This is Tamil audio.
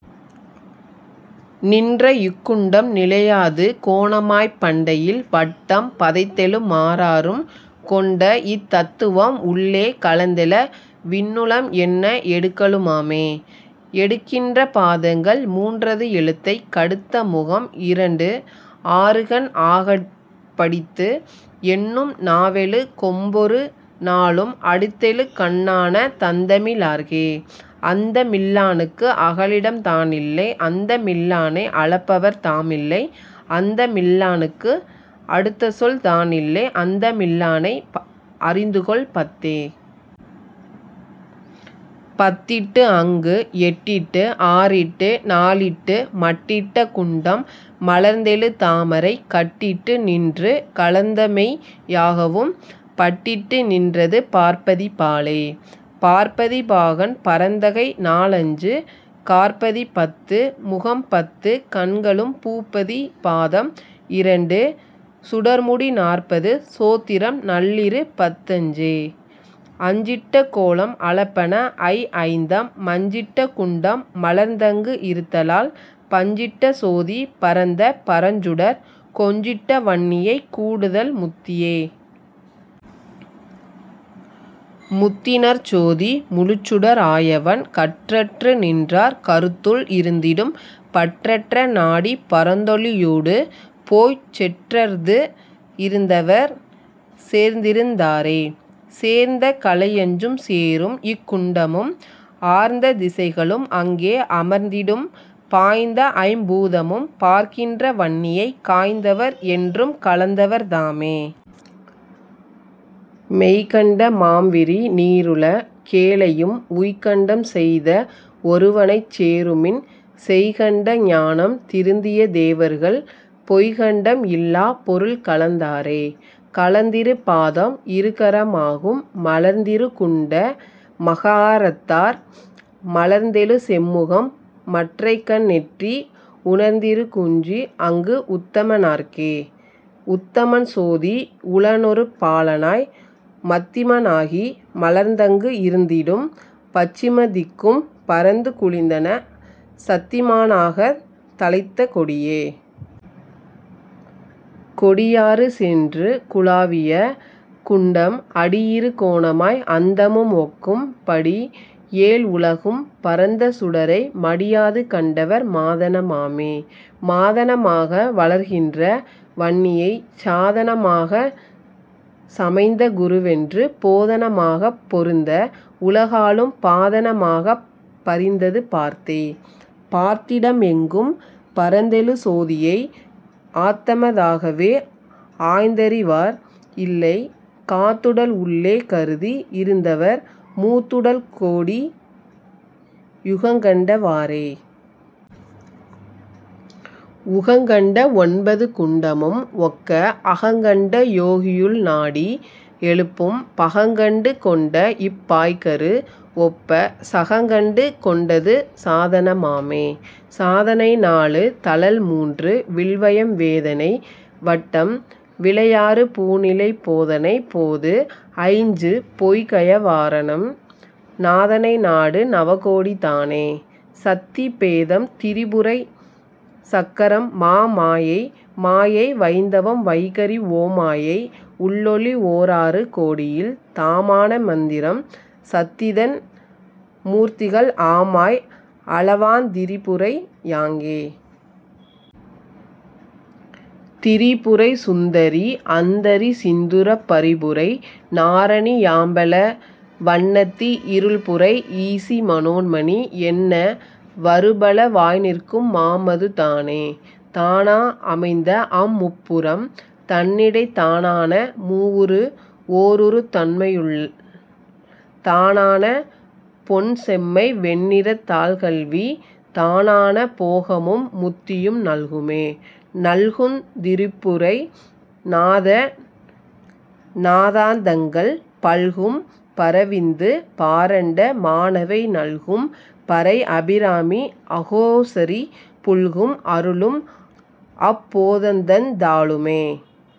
நின்றஇக் குண்டம் நிலையாது கோணமாய்ப் பண்டையில் வட்டம் பதைத்தெழு மாறாறும் கொண்டஇத் தத்துவம் உள்ளே கலந்தெழ விண்ணுளம் என்ன எடுக்கலு மாமே. எடுக்கின்ற பாதங்கள் மூன்றது எழுத்தைக் கடுத்த முகம்இரண்டு ஆறுகண் ஆகப் படித்துஎண்ணும் நாவெழு கொம்பொரு நாலும் அடுத்தெழு கண்ணான தந்தமி லாற்கே. அந்தமில் லானுக்கு அகலிடம் தானில்லை அந்தமில் லானை அளப்பவர் தாமில்லை அந்தமில் லானுக்கு அடுத்தசொல் தானில்லை அந்தமில் லானை அறிந்துகொள் பத்தே. பத்திட்டுஅங்கு எட்டிட்டு ஆறிட்டு நாலிட்டு மட்டிட்ட குண்டம் மலர்ந்தெழு தாமரை கட்டிட்டு நின்று கலந்தமெய் யாகவும் பட்டிட்டு நின்றது பார்ப்பதி பாலே. பார்ப்பதி பாகன் பரந்தகை நால்ஐஞ்சு காற்பதி பத்து முகம்பத்துக் கண்களும் பூப்பதி பாதம் இரண்டு சுடர்முடி நாற்பது சோத்திரம் நல்லிரு பத்தஞ்சே. அஞ்சிட்ட கோலம் அளப்பன ஐஐந்தம் மஞ்சிட்ட குண்டம் மலர்ந்தங்கு இருத்தலால் பஞ்சிட்ட சோதி பரந்த பரஞ்சுடர் கொஞ்சிட்ட வன்னியைக் கூடுதல் முத்தியே. முத்திநற் சோதி முழுச்சுடர் ஆயவன் கற்றற்று நின்றார் கருத்துள் இருந்திடும் பற்றற நாடிப் பரந்தொளி யூடு போய்ச் செற்றற்து இருந்தவர் சேர்ந்திருந் தாரே. சேர்ந்த கலையஞ்சும் சேரும்இக் குண்டமும் ஆர்ந்த திசைகளும் அங்கே அமர்ந்திடும் பாய்ந்தஐம் பூதமும் பார்க்கின்ற வன்னியைக் காய்ந்தவர் என்றும் கலந்தவர் தாமே. மெய்கண்ட மாம்விரி நீருல கேழையும் உய்கண்டம் செய்த ஒருவனைச் சேருமின் செய்கண்ட ஞானம் திருந்திய தேவர்கள் பொய்கண்டம் இல்லாப் பொருள்கலந் தாரே. கலந்திரு பாதம் இருகர மாகும் மலர்ந்திரு குண்ட மகாரத்தார் மலர்ந்தெழு செம்முகம் மற்றைக்கண் நெற்றி உணர்ந்திரு குஞ்சி அங்கு உத்தம னார்க்கே. உத்தமன் சோதி உளனொரு பாலனாய் மத்திம னாகி மலர்ந்தங்கு இருந்திடும் பச்சிம திக்கும் பரந்து குழிந்தன சத்திமா னாகத் தழைத்த கொடியே. கொடியாறு சென்று குலாவிய குண்டம் அடியிரு கோணமாய் அந்தமும் ஒக்கும் படிஏழ் உலகும் பரந்த சுடரை மடியாது கண்டவர் மாதன மாமே. மாதன மாக வளர்கின்ற வன்னியைச் சாதன மாகச் சமைந்த குருவென்று போதன மாகப் பொருந்த உலகாளும் பாதன மாகப் பரிந்தது பார்த்தே. பார்த்திடம் எங்கும் பரந்தெழு சோதியை ஆத்தம தாகவே ஆய்ந்தறி வார் இல்லை காத்துடல் உள்ளே கருதி இருந்தவர் மூத்துடல் கோடி யுகங்கண்ட வாறே. உகங்கண்ட ஒன்பது குண்டமும் ஒக்க அகங்கண்ட யோகியுள் நாடி எழுப்பும் பகங்கண்டு கொண்டஇப் பாய்கரு வொப்பச் சகங்கண்டு கொண்டது சாதன மாமே. சாதனை நாலு தழல்மூன்று வில்வயம் வேதனை வட்டம் விளையாறு பூநிலை போதனை போதுஐஞ்சு பொய்கய வாரணம் நாதனை நாடு நவகோடி தானே.. சத்தி பேதம் திரிபுரை சக்கரம் மாமாயை மாயை வயிந்தவம் வைகரி ஓமாயை உள்ளொளி ஓராறு கோடியில் தாமான மந்திரம் சத்திதன் மூர்த்திகள் ஆமாய் அலவாந் திரிபுரை யாங்கே. திரிபுரை சுந்தரி அந்தரி சிந்துரப் பரிபுரை நாரணி யாம்பல வன்னத்தி இருள்புரை ஈசி மனோன்மனி என்ன வருபல வாய்நிற்கும் மாமது தானே. தானா அமைந்தஅம் முப்புரம் தன்னிடைத் தானான மூவுரு ஓருருத் தன்மையுள் தானான பொன்செம்மை வெண்ணிறத் தாள்கல்வி தானான போகமும் முத்தியும் நல்குமே. நல்குந் திரிபுரை நாதநா தாந்தங்கள் பல்கும் பரவிந்து பாரண்ட மானவை நல்கும் பரைஅபி ராமி அகோசரி புல்கும் அருளும்அப் போதந்தந் தாளுமே.